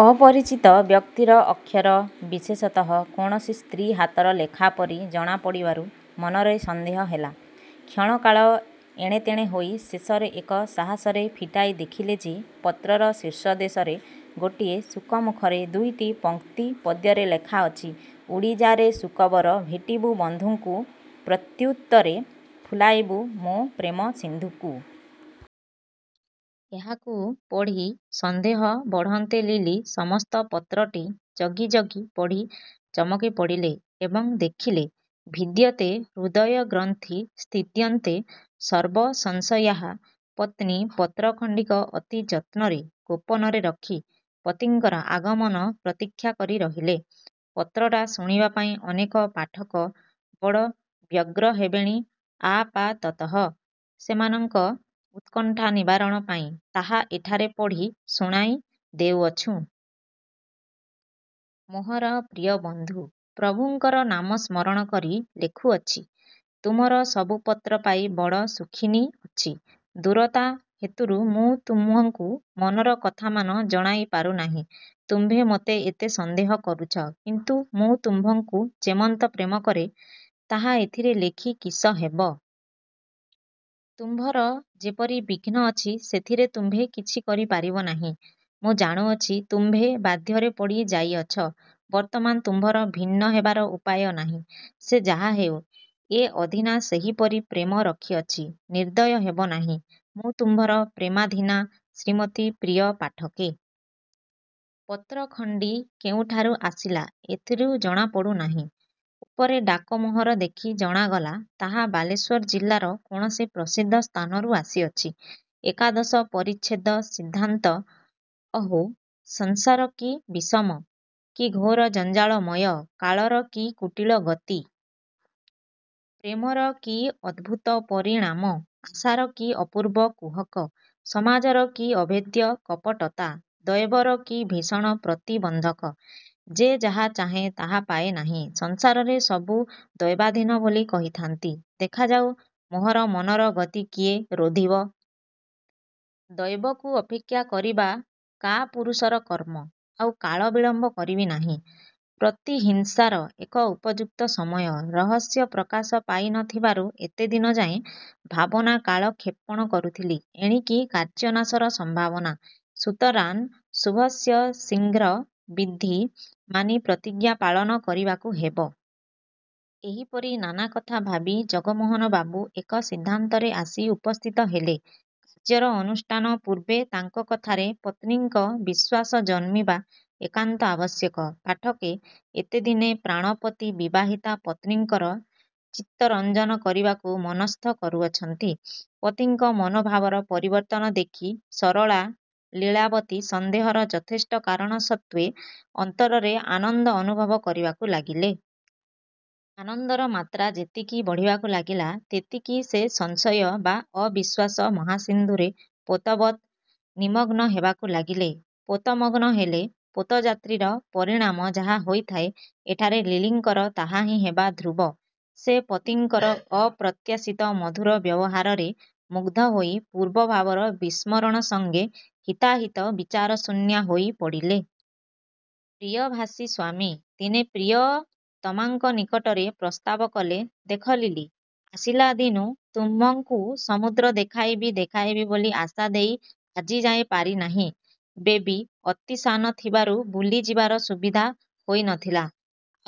ଅପରିଚିତ ବ୍ୟକ୍ତିର ଅକ୍ଷର, ବିଶେଷତଃ କୌଣସି ସ୍ତ୍ରୀ ହାତର ଲେଖା ପରି ଜଣା ପଡ଼ିବାରୁ ମନରେ ସନ୍ଦେହ ହେଲା। କ୍ଷଣକାଳ ଏଣେତେଣେ ହୋଇ ଶେଷରେ ଏକ ସାହସରେ ଫିଟାଇ ଦେଖିଲେ ଯେ- ପତ୍ରର ଶୀର୍ଷଦେଶରେ ଗୋଟିଏ ଶୁକମୁଖରେ ଦୁଇଟି ପଂକ୍ତି ପଦ୍ୟରେ ଲେଖା ଅଛି। ''ଉଡ଼ିଯା ରେ ଶୁକବର ଭେଟିବୁ ବନ୍ଧୁଙ୍କୁ, ପ୍ରତ୍ୟୁତ୍ତରେ ଫୁଲାଇବୁ ମୋ ପ୍ରେମସିନ୍ଧୁକୁ। '' ଏହାକୁ ପଢ଼ି ସନ୍ଦେହ ବଢ଼ନ୍ତେ ଲିଲି ସମସ୍ତ ପତ୍ରଟି ଜଗି ଜଗି ପଢ଼ି ଚମକିପଡ଼ିଲେ ଏବଂ ଦେଖିଲେ ''ଭିଦ୍ୟତେ ହୃଦୟଗ୍ରନ୍ଥିଶ୍ଛିଦ୍ୟନ୍ତେ ସର୍ବସଂଶୟାଃ। '' ପତ୍ନୀ ପତ୍ରଖଣ୍ଡିକ ଅତି ଯତ୍ନରେ ଗୋପନରେ ରଖି ପତିଙ୍କର ଆଗମନ ପ୍ରତୀକ୍ଷା କରି ରହିଲେ। ପତ୍ରଟା ଶୁଣିବାପାଇଁ ଅନେକ ପାଠକ ବଡ଼ ବ୍ୟଗ୍ର ହେବେଣି ଆପାତତଃ ସେମାନଙ୍କ ଉତ୍କଣ୍ଠା ନିବାରଣପାଇଁ ତାହା ଏଠାରେ ପଢ଼ି ଶୁଣାଇ ଦେଉଅଛୁଁ। ମୋହର ପ୍ରିୟ ବନ୍ଧୁ, ପ୍ରଭୁଙ୍କର ନାମ ସ୍ମରଣ କରି ଲେଖୁଅଛି। ତୁମ୍ଭର ସବୁ ପତ୍ର ପାଇ ବଡ଼ ସୁଖିନୀ ଅଛି। ଦୂରତା ହେତୁରୁ ମୁଁ ତୁମ୍ଭଙ୍କୁ ମନର କଥାମାନ ଜଣାଇ ପାରୁ ନାହିଁ। ତୁମ୍ଭେ ମୋତେ ଏତେ ସନ୍ଦେହ କରୁଛ, କିନ୍ତୁ ମୁଁ ତୁମ୍ଭଙ୍କୁ ଯେମନ୍ତ ପ୍ରେମ କରେଁ, ତାହା ଏଥିରେ ଲେଖି କିସ ହେବ? ତୁମ୍ଭର ଯେପରି ବିଘ୍ନ ଅଛି, ସେଥିରେ ତୁମ୍ଭେ କିଛି କରି ପାରିବ ନାହିଁ। ମୁଁ ଜାଣୁଅଛି, ତୁମ୍ଭେ ବାଧ୍ୟରେ ପଡ଼ି ଯାଇଅଛ। ବର୍ତ୍ତମାନ ତୁମ୍ଭର ଭିନ୍ନ ହେବାର ଉପାୟ ନାହିଁ। ସେ ଯାହାହେଉ, ଏ ଅଧୀନା ସେହିପରି ପ୍ରେମ ରଖିଅଛି। ନିର୍ଦୟ ହେବ ନାହିଁ। ମୁଁ ତୁମ୍ଭର ପ୍ରେମାଧୀନା ଶ୍ରୀମତୀ- ପ୍ରିୟ ପାଠକେ! ପତ୍ର ଖଣ୍ତି କେଉଁଠାରୁ ଆସିଲା, ଏଥିରୁ ଜଣା ପଡ଼ୁନାହିଁ। ଉପରେ ଡାକ ମୋହର ଦେଖି ଜଣାଗଲା, ତାହା ବାଲେଶ୍ୱର ଜିଲ୍ଲାର କୌଣସି ପ୍ରସିଦ୍ଧ ସ୍ଥାନରୁ ଆସିଅଛି। ଏକାଦଶ ପରିଚ୍ଛେଦ ସିଦ୍ଧାନ୍ତ 'ଅହୋ! ସଂସାର କି ବିଷମ! କି ଘୋର ଜଞ୍ଜାଳମୟ! କାଳର କି କୁଟିଳ ଗତି! ପ୍ରେମର କି ଅଦ୍ଭୁତ ପରିଣାମ! ଆଶାର କି ଅପୂର୍ବ କୁହକ! ସମାଜର କି ଅଭେଦ୍ୟ କପଟତା! ଦୈବର କି ଭୀଷଣ ପ୍ରତିବନ୍ଧକ! ଯେ ଯାହା ଚାହେଁ, ତାହା ପାଏ ନାହିଁ। ସଂସାରରେ ସବୁ ଦୈବାଧୀନ ବୋଲି କହିଥାନ୍ତି। ଦେଖାଯାଉ ମୋହର ମନର ଗତି କିଏ ରୋଧିବ? ଦୈବକୁ ଅପେକ୍ଷା କରିବା କାପୁରୂଷର କର୍ମ। ଆଉ କାଳ ବିଳମ୍ୱ କରିବି ନାହିଁ। ପ୍ରତିହିଂସାର ଏ ଉପଯୁକ୍ତ ସମୟ। ରହସ୍ୟ ପ୍ରକାଶ ପାଇ ନ ଥିବାରୁ ଏତେଦିନଯାଏ ଭାବନାରେ କାଳକ୍ଷେପଣ କରୁଥିଲି। ଏଣିକି କାର୍ଯ୍ୟନାଶର ସମ୍ଭାବନା। ସୁତରାଂ ଶୁଭସ୍ୟ ଶୀଘ୍ରଂ' ବିଧି ମାନି ପ୍ରତିଜ୍ଞା ପାଳନ କରିବାକୁ ହେବ। ' ଏହିପରି ନାନା କଥା ଭାବି ଜନମୋହନ ବାବୁ ଏକ ସିଦ୍ଧାନ୍ତରେ ଆସି ଉପସ୍ଥିତ ହେଲେ। କାର୍ଯ୍ୟର ଅନୁଷ୍ଠାନ ପୂର୍ବେ ତାଙ୍କ କଥାରେ ପତ୍ନୀଙ୍କ ବିଶ୍ୱାସ ଜନ୍ମିବା ଏକାନ୍ତ ଆବଶ୍ୟକ। ପାଠକେ! ଏତେଦିନେ ପ୍ରାଣପତି ବିବାହିତା ପତ୍ନୀଙ୍କର ଚିତ୍ତରଞ୍ଜନ କରିବାକୁ ମନଃସ୍ଥ କରୁଅଛନ୍ତି! ପତିଙ୍କ ମନୋଭାବର ପରିବର୍ତ୍ତନ ଦେଖି ସରଳା ଲୀଳାବତୀ ସନ୍ଦେହର ଯଥେଷ୍ଟ କାରଣ ସତ୍ତ୍ୱେ ଅନ୍ତରରେ ଆନନ୍ଦ ଅନୁଭବ କରିବାକୁ ଲାଗିଲେ। ଆନନ୍ଦର ମାତ୍ରା ଯେତିକି ବଢ଼ିବାକୁ ଲାଗିଲା, ତେତିକି ସେ ସଂଶୟ ବା ଅବିଶ୍ୱାସ ମହାସିନ୍ଧୁରେ ପୋତବତ୍ ନିମଗ୍ନ ହେବାକୁ ଲାଗିଲେ। ପୋତ ମଗ୍ନ ହେଲେ ପୋତଯାତ୍ରୀର ପରିଣାମ ଯାହା ହୋଇଥାଏ, ଏଠାରେ ଲିଲିଙ୍କର ତାହାହିଁ ହେବା ଧ୍ରୁବ। ସେ ପତିଙ୍କର ଅପ୍ରତ୍ୟାଶିତ ମଧୁର ବ୍ୟବହାରରେ ମୁଗ୍ଧ ହୋଇ ପୂର୍ବ ଭାବର ବିସ୍ମରଣ ସଙ୍ଗେ ହିତାହିତ ବିଚାରଶୂନ୍ୟା ହୋଇ ପଡ଼ିଲେ। ପ୍ରିୟଭାଷୀ ସ୍ୱାମୀ ଦିନେ ପ୍ରିୟତମାଙ୍କ ନିକଟରେ ପ୍ରସ୍ତାବ କଲେ- 'ଦେଖ ଲିଲି! ଆସିଲାଦିନୁଁ ତୁମ୍ଭଙ୍କୁ ସମୁଦ୍ର ଦେଖାଇବି ଦେଖାଇବି ବୋଲି ଆଶା ଦେଇ ଆଜିଯାଏ ପାରି ନାହିଁ। ବେବି ଅତି ସାନ ଥିବାରୁ ବୁଲି ଯିବାର ସୁବିଧା ହୋଇ ନ ଥିଲା।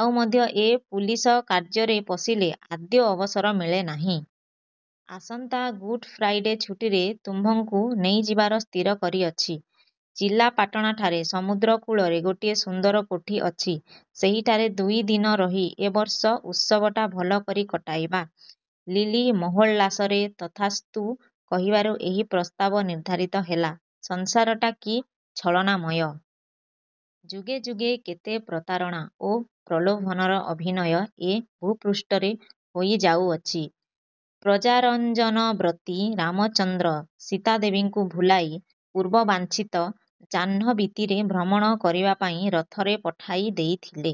ଆଉ ମଧ୍ୟ ଏ ପୁଲିସ କାର୍ଯ୍ୟରେ ପଶିଲେ ଆଦୌ ଅବସର ମିଳେ ନାହିଁ-। ଆସନ୍ତା ଗୁଡ଼ ଫ୍ରାଇଡ଼େ ଛୁଟିରେ ତୁମ୍ଭଙ୍କୁ ନେଇଯିବାର ସ୍ଥିର କରିଅଛି। ଚିଲାପାଟଣାଠାରେ ସମୁଦ୍ର-କୂଳରେ ଗୋଟିଏ ସୁନ୍ଦର କୋଠି ଅଛି। ସେହିଠାରେ ଦୁଇ ଦିନ ରହି ଏ ବର୍ଷ ଉତ୍ସବଟା ଭଲକରି କଟାଇବା। ' ଲିଲି ମହୋଲ୍ଲାସରେ 'ତଥାସ୍ତୁ' କହିବାରୁ ଏହି ପ୍ରସ୍ତାବ ନିର୍ଦ୍ଧାରିତ ହେଲା। ସଂସାରଟା କି ଛଳନାମୟ! ଯୁଗେ ଯୁଗେ କେତେ ପ୍ରତାରଣା ଓ ପ୍ରଲୋଭନର ଅଭିନୟ ଏ ଭୂପୃଷ୍ଠରେ ହୋଇ ଯାଉଅଛି। ପ୍ରଜାରଞ୍ଜନବ୍ରତୀ ରାମଚନ୍ଦ୍ର ସୀତାଦେବୀଙ୍କୁ ଭୁଲାଇ ପୂର୍ବବାଞ୍ଛିତ ଜାହ୍ନବୀତୀରେ ଭ୍ରମଣ କରିବାପାଇଁ ରଥରେ ପଠାଇ ଦେଇଥିଲେ।